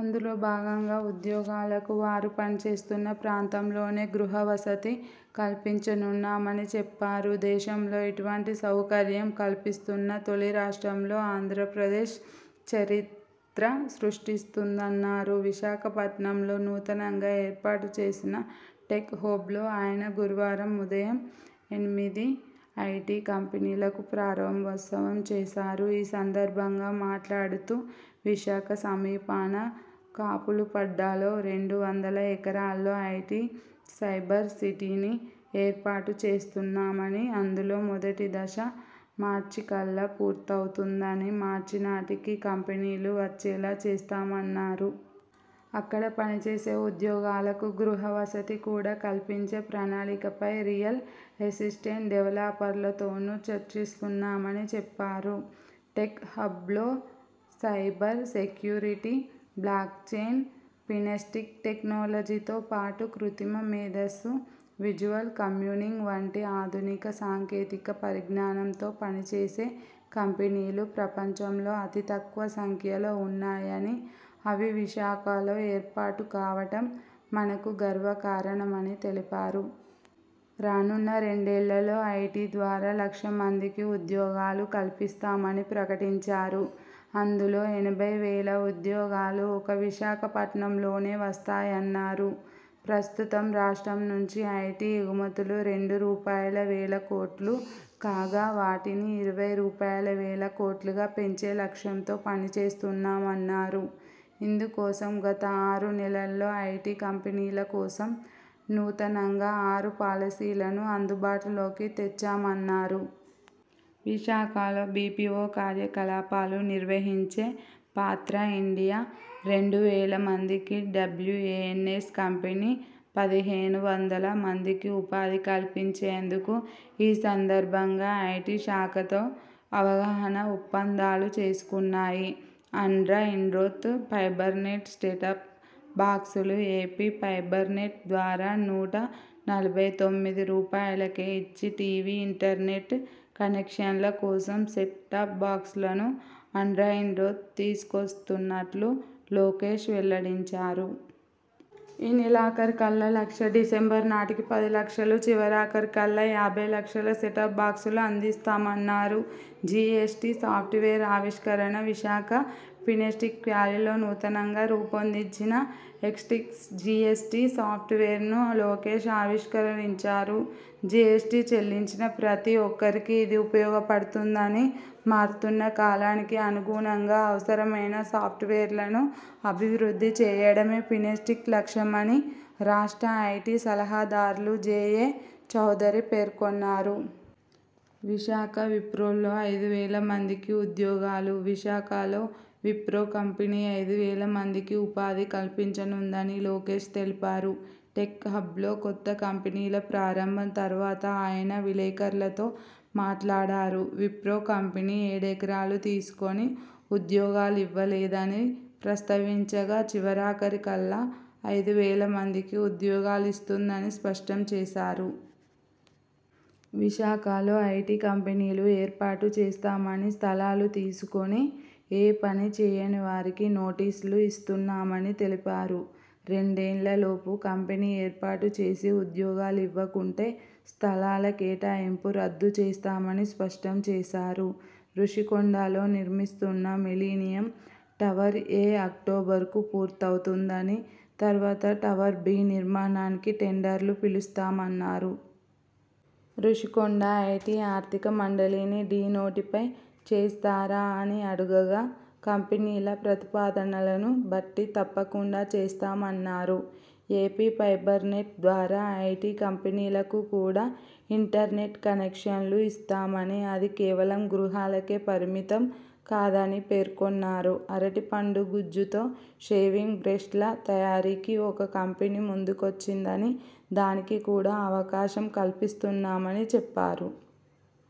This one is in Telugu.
అందులో భాగంగా ఉద్యోగులకు వారు పనిచేస్తున్న ప్రాంతంలోనే గృహ వసతి కల్పించనున్నామని చెప్పారు. దేశంలో ఇటువంటి సౌకర్యం కల్పిస్తున్న తొలి రాష్ట్రంగా ఆంధ్రప్రదేశ్ చరిత్ర సృష్టిస్తుందన్నారు. విశాఖపట్నంలో నూతనంగా ఏర్పాటుచేసిన టెక్ హబ్లో ఆయన గురువారం ఉదయం ఎనిమిది ఐటీ కంపెనీలకు ప్రారంభోత్సవం చేశారు. ఈ సందర్భంగా మాట్లాడుతూ విశాఖ సమీపాన కాపులుప్పాడలో రెండు వందల ఎకరాల్లో ఐటీ సైబర్ సిటీని ఏర్పాటుచేస్తున్నామని, అందులో మొదటి దశ మార్చికల్లా పూర్తవుతుందని, మార్చినాటికి కంపెనీలు వచ్చేలా చేస్తామన్నారు. అక్కడ పనిచేసే ఉద్యోగులకు గృహ వసతి కూడా కల్పించే ప్రణాళికపై రియల్ ఎస్టేట్ డెవలపర్లతోనూ చర్చిస్తున్నామని చెప్పారు. టెక్ హబ్లో cyber security, blockchain, fintech టెక్నాలజీతో పాటు కృత్రిమ మేధస్సు, విజువల్ కంప్యూటింగ్ వంటి ఆధునిక సాంకేతిక పరిజ్ఞానంతో పనిచేసే కంపెనీలు ప్రపంచంలో అతి తక్కువ సంఖ్యలో ఉన్నాయని, అవి విశాఖలో ఏర్పాటుకావడం మనకు గర్వకారణమని తెలిపారు. రానున్న రెండేళ్లలో ఐటీ ద్వారా లక్ష మందికి ఉద్యోగాలు కల్పిస్తామని ప్రకటించారు. అందులో ఎనభై వేల ఉద్యోగాలు ఒక్క విశాఖపట్నంలోనే వస్తాయన్నారు. ప్రస్తుతం రాష్ట్రం నుంచి ఐటీ ఎగుమతులు రెండు రూపాయలువేల కోట్లు కాగా వాటిని ఇరవై రూపాయలువేల కోట్లకు పెంచే లక్ష్యంతో పనిచేస్తున్నామన్నారు. ఇందుకోసం గత ఆరు నెలల్లో ఐటీ కంపెనీల కోసం నూతనంగా ఆరు పాలసీలను అందుబాటులోకి తెచ్చామన్నారు. విశాఖలో బీపీవో కార్యకలాపాలు నిర్వహించే పాత్ర 'ఇండియా' రెండు వేల మందికి, డబ్ల్యుఎన్ఎ్స కంపెనీ పదిహేను వందల మందికి ఉపాధి కల్పించేందుకు ఈ సందర్భంగా ఐటీ శాఖతో అవగాహన ఒప్పందాలు చేసుకున్నాయి. ఆండ్రాయిడ్తో ఫైబర్నెట్ సెట్టాప్ బాక్సులుఏపీ ఫైబర్ నెట్ ద్వారా నూట నలభై తొమ్మిది రూపాయలుకే ఇచ్చే టీవీ, ఇంటర్నెట్ కనెక్షన్ల కోసం సెట్ టాప్ బాక్సులను ఆండ్రాయిడ్తో తీసుకొస్తున్నట్లు లోకేశ్ వెల్లడించారు. ఈ నెలాఖరుకల్లా లక్ష, డిసెంబరు నాటికి పది లక్షలు, చివరికల్లా యాభై లక్షల సెట్టాప్ బాక్సులు అందిస్తామన్నారు. జీఎస్టీ సాఫ్ట్వేర్ ఆవిష్కరణవిశాఖ ఫిన్టెక్ వ్యాలీలో నూతనంగా రూపొందించిన 'ఎక్స్టాక్స్ జీఎ్సటీ సాప్ట్వేర్'ను లోకేశ్ ఆవిష్కరించారు. జీఎ్సటీ చెల్లించే ప్రతి ఒక్కరికీ ఇది ఉపయోగపడుతుందని, మారుతున్న కాలానికి అనుగుణంగా అవసరమైన సాఫ్ట్వేర్లను అభివృద్ధి చేయడమే ఫిన్టెక్ లక్ష్యమని రాష్ట్ర ఐటీ సలహాదారు జేఏ చౌదరి పేర్కొన్నారు. విశాఖ విప్రోలో ఐదు వేల మందికి ఉద్యోగాలువిశాఖలో విప్రో కంపెనీ ఐదు వేల మందికి ఉపాధి కల్పించనుందని లోకేశ్ తెలిపారు. టెక్ హబ్లో కొత్త కంపెనీల ప్రారంభం తరువాత ఆయన విలేకరులతో మాట్లాడారు. విప్రో కంపెనీ ఏడెకరాలు తీసుకుని ఉద్యోగాలివ్వలేదని ప్రస్తావించగా.. చివరికల్లా ఐదు వేల మందికి ఉద్యోగాలు ఇస్తుందని స్పష్టంచేశారు. విశాఖలో ఐటీ కంపెనీలు ఏర్పాటు చేస్తామని స్థలాలు తీసుకుని.. ఏ పనీ చేయనివారికి నోటీసులు ఇస్తున్నామని తెలిపారు. రెండేళ్ల లోపు కంపెనీ ఏర్పాటు చేసి, ఉద్యోగాలివ్వకుంటే స్థలాల కేటాయింపు రద్దు చేస్తామని స్పష్టంచేశారు. రుషికొండలో నిర్మిస్తున్న మిలీనియం టవర్-ఏ అక్టోబరుకు పూర్తవుతుందని, తర్వాత టవర్-బీ నిర్మాణానికి టెండర్లు పిలుస్తామన్నారు. రుషికొండ ఐటీ ఆర్థిక మండలిని డీ నోటిఫై చేస్తారా అని అడుగగా.. కంపెనీల ప్రతిపాదనలను బట్టి తప్పకుండా చేస్తామన్నారు. ఏపీ ఫైబర్ నెట్ ద్వారా ఐటీ కంపెనీలకు కూడా ఇంటర్నెట్ కనెక్షన్లు ఇస్తామని, అది కేవలం గృహాలకే పరిమితం కాదని పేర్కొన్నారు. అరటి పండు గుజ్జుతో షేవింగ్ బ్రష్ల తయారీకి ఒక కంపెనీ ముందుకొచ్చిందని, దానికి కూడా అవకాశం కల్పిస్తున్నామని చెప్పారు.